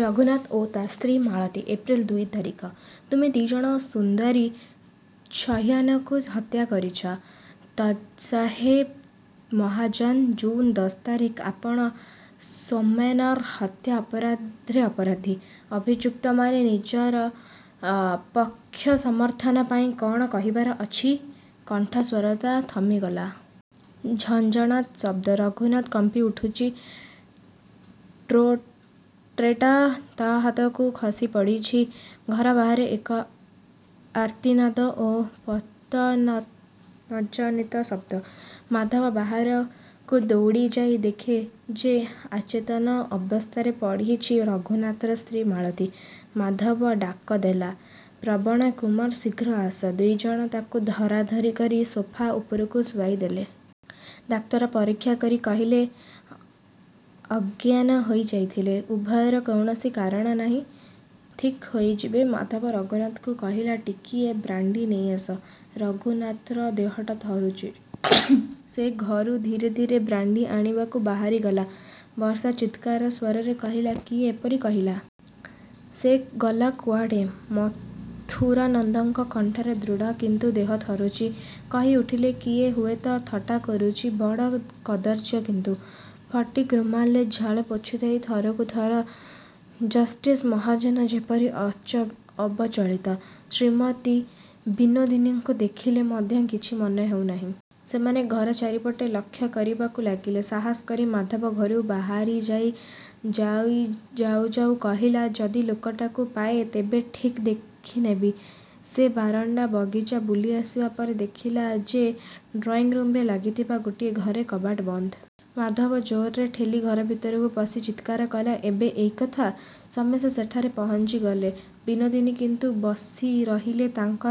ରଘୁନାଥ ଓ ତା ସ୍ତ୍ରୀ ମାଳତୀ, ଏପ୍ରିଲ ଦୁଇ ତାରିଖ। ତୁମେ ଦି'ଜଣ ସୁନ୍ଦରୀ ଚୌହାନକୁ ହତ୍ୟା କରିଛ। ଜଜ୍‌ସାହେବ ମହାଜନ, ଜୁନ୍ ଦଶ ତାରିଖ, ଆପଣ ସୌମେନ୍‌ର ହତ୍ୟା ଅପରାଧରେ ଅପରାଧୀ। ଅଭିଯୁକ୍ତମାନେ, ନିଜ ପକ୍ଷସମର୍ଥନ ପାଇଁ କ'ଣ କହିବାର ଅଛି? କଣ୍ଠସ୍ୱରଟା ଥମିଗଲା। ଝଞ୍ଜଣାତ୍ ଶବ୍ଦ। ରଘୁନାଥ କମ୍ପିଉଠୁଛି। ଟ୍ର ଟ୍ରେଟା ତା'ହାତକୁ ଖସିପଡ଼ିଛି। ଘର ବାହାରେ ଏକ ଆର୍ତ୍ତନାଦ ଓ ପତନଜନିତ ଶବ୍ଦ। ମାଧବ ବାହାରକୁ ଦୌଡ଼ିଯାଇ ଦେଖେ ଯେ ଅଚେତନ ଅବସ୍ଥାରେ ପଡ଼ିଛି ରଘୁନାଥର ସ୍ତ୍ରୀ ମାଳତୀ। ମାଧବ ଡାକଦେଲା, ପ୍ରବୀଣକୁମାର ଶୀଘ୍ର ଆସ। ଦି'ଜଣ ତାକୁ ଧରାଧରି କରି ସୋଫା ଉପରେ ଶୁଆଇଦେଲେ। ଡାକ୍ତର ପରୀକ୍ଷା କରି କହିଲେ, ଅଜ୍ଞାନ ହୋଇଯାଇଥିଲେ। ଭୟର କୌଣସି କାରଣ ନାହିଁ। ଠିକ୍ ହୋଇଯିବ। ମାଧବ ରଘୁନାଥକୁ କହିଲା, ଟିକିଏ ବ୍ରାଣ୍ଡି ନେଇଆସ। ରଘୁନାଥର ଦେହଟି ଥରୁଛି। ସେ ଘରୁ ଧୀରେ ଧୀରେ ବ୍ରାଣ୍ଡି ଆଣିବାକୁ ବାହାରିଗଲା। ବର୍ଷା ଚିତ୍କାରସ୍ୱରରେ କହିଲା, "କିଏ ଏପରି କହିଲା? ସେ ଗଲା କୁଆଡ଼େ? ମଥୁରାନନ୍ଦଙ୍କର କଣ୍ଠରେ ଦୃଢ଼, କିନ୍ତୁ ଦେହ ଥରୁଛି। କହିଉଠିଲେ, କିଏ ହୁଏତ ଥଟ୍ଟା କରୁଛି, ବଡ଼ କଦର୍ଯ୍ୟ କିନ୍ତୁ। ଫଟିକ୍ ରୁମାଲରେ ଝାଳ ପୋଛୁଛି ଥରକୁ ଥର। ଜଷ୍ଟିସ୍ ମହାଜନ ଯେପରି ଅବିଚଳିତ। ଶ୍ରୀମତୀ ବିନୋଦିନୀଙ୍କୁ ଦେଖିଲେ ମଧ୍ୟ କିଛି ମନେ ହେଉନାହିଁ। ସେମାନେ ଘର ଚାରିପଟେ ଲକ୍ଷ୍ୟ କରିବାକୁ ଲାଗିଲେ। ସାହସ କରି ମାଧବ ଘରୁ ବାହାରି ଯାଇ ଯାଇ ଯାଉ ଯାଉ କହିଲା, ଯଦି ଲୋକଟାକୁ ପାଏ, ତେବେ ଠିକ୍ ଦେଖିନେବି। ସେ ବାରଣ୍ଡା, ବଗିଚା ବୁଲିଆସିବା ପରେ ଦେଖିଲା ଯେ ଡ୍ରଇଁରୁମରେ ଲାଗିଥିବା ଗୋଟିଏ ଘରର କବାଟ ବନ୍ଦ। ମାଧବ ଜୋରରେ ଠେଲି ଘରଭିତରକୁ ପଶି ଚିତ୍କାର କଲା, ତେବେ ଏଇ କଥା? ସମସ୍ତେ ସେଠାରେ ପହଞ୍ଚିଗଲେ। ବିନୋଦିନୀ କିନ୍ତୁ ବସିରହିଲେ ତାଙ୍କ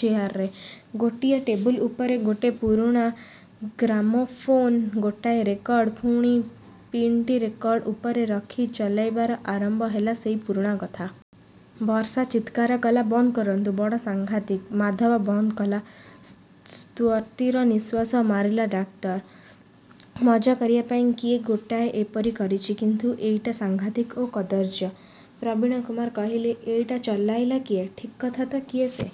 ଚେଆରରେ। ଗୋଟିଏ ଟେବୁଲ୍ ଉପରେ ଗୋଟାଏ ପୁରୁଣା ଗ୍ରାମୋଫୋନ୍, ଗୋଟାଏ ରେକର୍ଡ଼। ପୁଣି ପିନ୍‌ଟି ରେକର୍ଡ଼ ଉପରେ ରଖି ଚଳାଇବାରେ ଆରମ୍ଭ ହେଲା ସେଇ ପୁରୁଣା କଥା। ବର୍ଷା ଚିତ୍କାର କଲା, ବନ୍ଦ କରନ୍ତୁ, ବଡ଼ ସାଙ୍ଘାତିକ। ମାଧବ ବନ୍ଦ କଲା। ସ୍ୱସ୍ତିର ନିଃଶ୍ୱାସ ମାରିଲେ ଡାକ୍ତର। ମଜା କରିବାପାଇଁ କିଏ ଗୋଟାଏ ଏପରି କରିଛି, କିନ୍ତୁ ଏଇଟା ସାଂଘାତିକ ଓ କଦର୍ଯ୍ୟ। ପ୍ରବୀଣକୁମାର କହିଲେ, ଏଇଟା ଚଳାଇଲା କିଏ? ଠିକ୍ କଥା ତ, କିଏ ସେ?"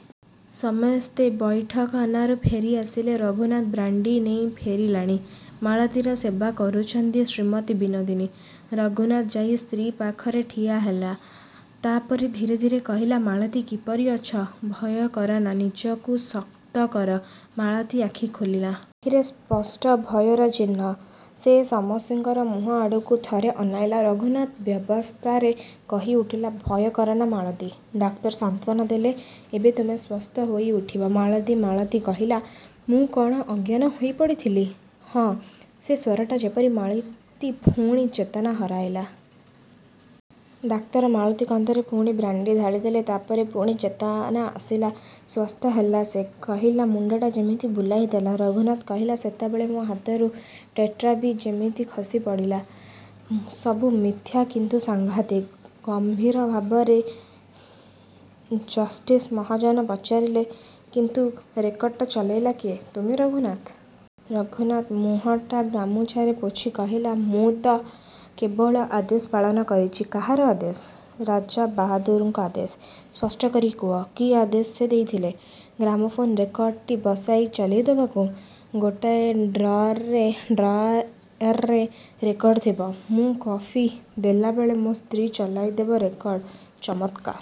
ସମସ୍ତେ ବୈଠକଖାନାକୁ ଫେରିଆସିଲେ। ରଘୁନାଥ ବ୍ରାଣ୍ଡି ନେଇ ଫେରିଲାଣି। ମାଳତୀର ସେବା କରୁଛନ୍ତି ଶ୍ରୀମତୀ ବିନୋଦିନୀ। ରଘୁନାଥ ଯାଇ ସ୍ତ୍ରୀ ପାଖରେ ଠିଆହେଲା। ତା'ପରେ ଧୀରେ ଧୀରେ କହିଲା, ମାଳତୀ, କିପରି ଅଛ? ଭୟ କର ନା, ନିଜକୁ ଶକ୍ତ କର। ମାଳତୀ ଆଖି ଖୋଲିଲା। ଆଖିରେ ସ୍ପଷ୍ଟ ଭୟର ଚିହ୍ନ। ସେ ସମସ୍ତଙ୍କର ମୁହଁ ଆଡ଼କୁ ଥରେ ଅନାଇଲା। ରଘୁନାଥ ବ୍ୟସ୍ତତାରେ କହିଉଠିଲା, ଭୟ କର ନା ମାଳତୀ। ଡାକ୍ତର ସାନ୍ତ୍ୱନା ଦେଲେ, ଏବେ ତୁମେ ସୁସ୍ଥ ହୋଇଉଠିବ, ମାଳତୀ ମାଳତୀ କହିଲା, ମୁଁ କ'ଣ ଅଜ୍ଞାନ ହୋଇପଡ଼ିଥିଲି? ହଁ। ସେ ସ୍ୱରଟା ଯେପରି ମାଳତୀ ପୁଣି ଚେତନା ହରାଇଲା। ଡାକ୍ତର ମାଳତୀ କଣ୍ଠରେ ପୁଣି ବ୍ରାଣ୍ଡି ଢାଳିଦେଲେ। ତା'ପରେ ପୁଣି ଚେତନା ଆସିଲା। ସୁସ୍ଥ ହେଲା ସେ। କହିଲା, ମୁଣ୍ଡଟା ଯେମିତି ବୁଲାଇଦେଲା। ରଘୁନାଥ କହିଲା, ସେତେବେଳେ ମୋ ହାତରୁ ଟ୍ରେଟା ବି ଯେମିତି ଖସିପଡ଼ିଲା। ସବୁ ମିଥ୍ୟା, କିନ୍ତୁ ସାଙ୍ଘାତିକ।" ଗମ୍ଭୀର ଭାବରେ ଜଷ୍ଟିସ୍ ମହାଜନ ପଚାରିଲେ, କିନ୍ତୁ ରେକର୍ଡ଼ଟି ଚଳାଇଲା କିଏ, ତୁମେ, ରଘୁନାଥ ରଘୁନାଥ ମୁହଁଟା ଗାମୁଛାରେ ପୋଛି କହିଲା ମୁଁ ତ କେବଳ ଆଦେଶ ପାଳନ କରିଛି। କାହାର ଆଦେଶ? ରାଜାବହାଦୁରଙ୍କ ଆଦେଶ। ସ୍ପଷ୍ଟ କରି କୁହ, କି ଆଦେଶ ସେ ଦେଇଥିଲେ? ଗ୍ରାମୋଫୋନ୍ ରେକର୍ଡ଼ଟି ବସାଇ ଚଳାଇଦେବାକୁ। ଗୋଟାଏ ଡ୍ରୟାରରେ ରେକର୍ଡ଼ ଥିବ। ମୁଁ କଫି ଦେଲାବେଳେ ମୋ ସ୍ତ୍ରୀ ଚଳାଇଦେବ ରେକର୍ଡ଼। ଚମତ୍କାର